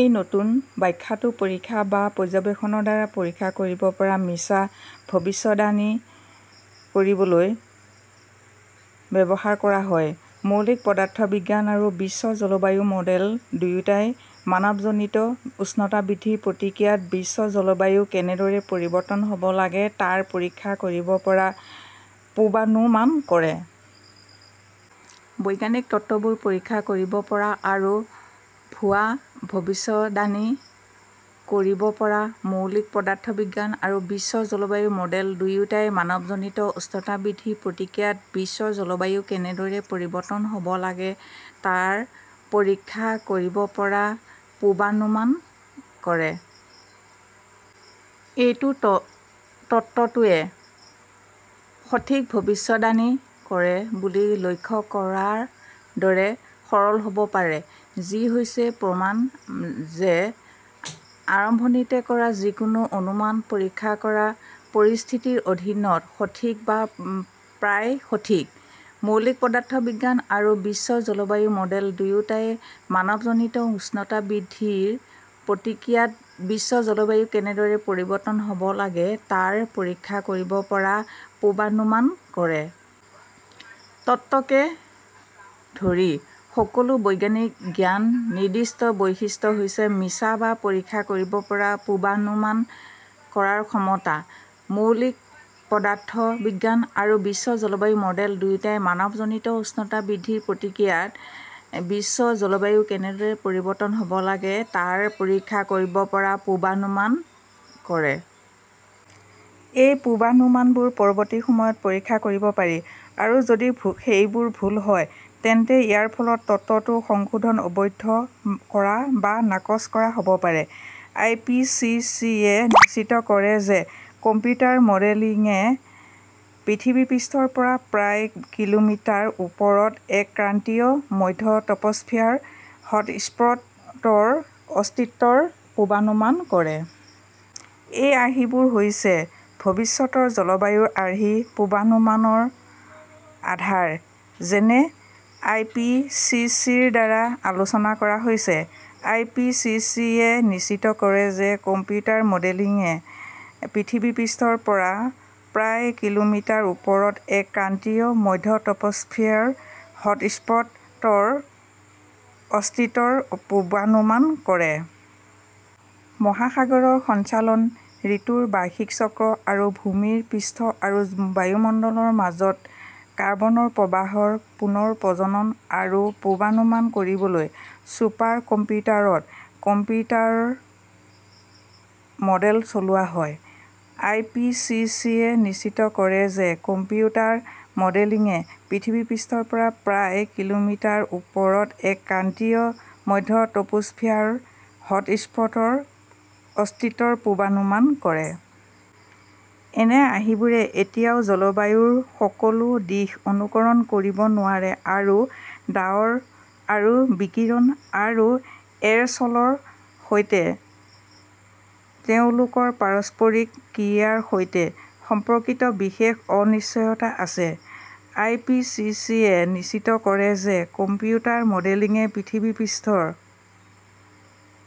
এই নতুন ব্যাখ্যাটো পৰীক্ষা বা পৰ্যবেক্ষণৰ দ্বাৰা পৰীক্ষা কৰিব পৰা মিছা ভৱিষ্যদ্বাণী কৰিবলৈ ব্যৱহাৰ কৰা হয়। মৌলিক পদাৰ্থ বিজ্ঞান আৰু বিশ্ব জলবায়ু মডেল দুয়োটাই মানৱজনিত উষ্ণতা বৃদ্ধিৰ প্ৰতিক্ৰিয়াত বিশ্ব জলবায়ু কেনেদৰে পৰিৱৰ্তন হ 'ব লাগে তাৰ পৰীক্ষা কৰিব পৰা পূৰ্বানুমান কৰে। বৈজ্ঞানিক তত্ত্ববোৰ পৰীক্ষা কৰিব পৰা আৰু ভুৱা ভৱিষ্যদ্বাণী কৰিব পৰা। মৌলিক পদাৰ্থ বিজ্ঞান আৰু বিশ্ব জলবায়ু মডেল দুয়োটাই মানৱজনিত উষ্ণতা বৃদ্ধিৰ প্ৰতিক্ৰিয়াত বিশ্ব জলবায়ু কেনেদৰে পৰিৱৰ্তন হ 'ব লাগে তাৰ পৰীক্ষা কৰিব পৰা পূৰ্বানুমান কৰে। এইটো তত্ত্বটোৱে সঠিক ভৱিষ্যদ্বাণী কৰে বুলি লক্ষ্য কৰাৰ দৰে সৰল হ 'ব পাৰে, যি হৈছে প্ৰমাণ যে আৰম্ভণিতে কৰা যিকোনো অনুমান পৰীক্ষা কৰা পৰিস্থিতিৰ অধীনত সঠিক বা প্ৰায় সঠিক। মৌলিক পদাৰ্থ বিজ্ঞান আৰু বিশ্ব জলবায়ু মডেল দুয়োটাই মানৱজনিত উষ্ণতা বৃদ্ধিৰ প্ৰতিক্ৰিয়াত বিশ্ব জলবায়ু কেনেদৰে পৰিৱৰ্তন হ 'ব লাগে তাৰ পৰীক্ষা কৰিব পৰা পূৰ্বানুমান কৰে। তত্ত্বকে ধৰি সকলো বৈজ্ঞানিক জ্ঞানৰ নিৰ্দিষ্ট বৈশিষ্ট্য হৈছে মিছা বা পৰীক্ষা কৰিব পৰা পূৰ্বানুমান কৰাৰ ক্ষমতা। মৌলিক পদাৰ্থ বিজ্ঞান আৰু বিশ্ব জলবায়ু মডেল দুয়োটাই মানৱজনিত উষ্ণতা বৃদ্ধিৰ প্ৰতিক্ৰিয়াত বিশ্ব জলবায়ু কেনেদৰে পৰিৱৰ্তন হ 'ব লাগে তাৰ পৰীক্ষা কৰিব পৰা পূৰ্বানুমান কৰে। এই পূৰ্বানুমানবোৰ পৰৱৰ্তী সময়ত পৰীক্ষা কৰিব পাৰি, আৰু যদি সেইবোৰ ভুল হয়, তেন্তে ইয়াৰ ফলত তত্ত্বটো সংশোধন, অবৈধ কৰা বা নাকচ কৰা হ 'ব পাৰে। আই. পি. চি. চি. -য়ে নিশ্চিত কৰে যে কম্পিউটাৰ মডেলিংয়ে পৃথিৱীৰ পৃষ্ঠৰ পৰা প্ৰায় কিলোমিটাৰ ওপৰত এক ক্ৰান্তীয়, মধ্য-ট্ৰপোস্ফিয়াৰ "হট স্পট" ৰ অস্তিত্বৰ পূৰ্বানুমান কৰে। এই আৰ্হিবোৰ হৈছে ভৱিষ্যতৰ জলবায়ুৰ আৰ্হি পূৰ্বানুমানৰ আধাৰ, যেনে আই. পি. চি. চি. -ৰ দ্বাৰা আলোচনা কৰা হৈছে। আই. পি. চি. চি. -য়ে নিশ্চিত কৰে যে কম্পিউটাৰ মডেলিংয়ে পৃথিৱীৰ পৃষ্ঠৰ পৰা প্ৰায় কিলোমিটাৰ ওপৰত এক ক্ৰান্তীয়, মধ্য-ট্ৰপোস্ফিয়াৰ "হট স্পট" ৰ অস্তিত্বৰ পূৰ্বানুমান কৰে। মহাসাগৰৰ সঞ্চালন, ঋতুৰ বাৰ্ষিক চক্ৰ আৰু ভূমিৰ পৃষ্ঠ আৰু বায়ুমণ্ডলৰ মাজত কাৰ্বনৰ প্ৰৱাহৰ পুনৰ প্ৰজনন আৰু পূৰ্বানুমান কৰিবলৈ ছুপাৰ কম্পিউটাৰত কম্পিউটাৰ মডেল চলোৱা হয়। আই. পি. চি. চি. -য়ে নিশ্চিত কৰে যে কম্পিউটাৰ মডেলিংয়ে পৃথিৱীৰ পৃষ্ঠৰ পৰা প্ৰায় কিলোমিটাৰ ওপৰত এক ক্ৰান্তীয়, মধ্য-ট্ৰপোস্ফিয়াৰ "হট স্পট" ৰ অস্তিত্বৰ পূৰ্বানুমান কৰে। এনে আৰ্হিবোৰে এতিয়াও জলবায়ুৰ সকলো দিশ অনুকৰণ কৰিব নোৱাৰে আৰু ডাৱৰ আৰু বিকিৰণ আৰু এৰ "ছলৰ সৈতে তেওঁলোকৰ পাৰস্পৰিক ক্ৰিয়াৰ সৈতে সম্পৰ্কিত বিশেষ অনিশ্চয়তা আছে। আই. পি. চি. চি. -য়ে নিশ্চিত কৰে যে কম্পিউটাৰ মডেলিংয়ে পৃথিৱীৰ পৃষ্ঠৰ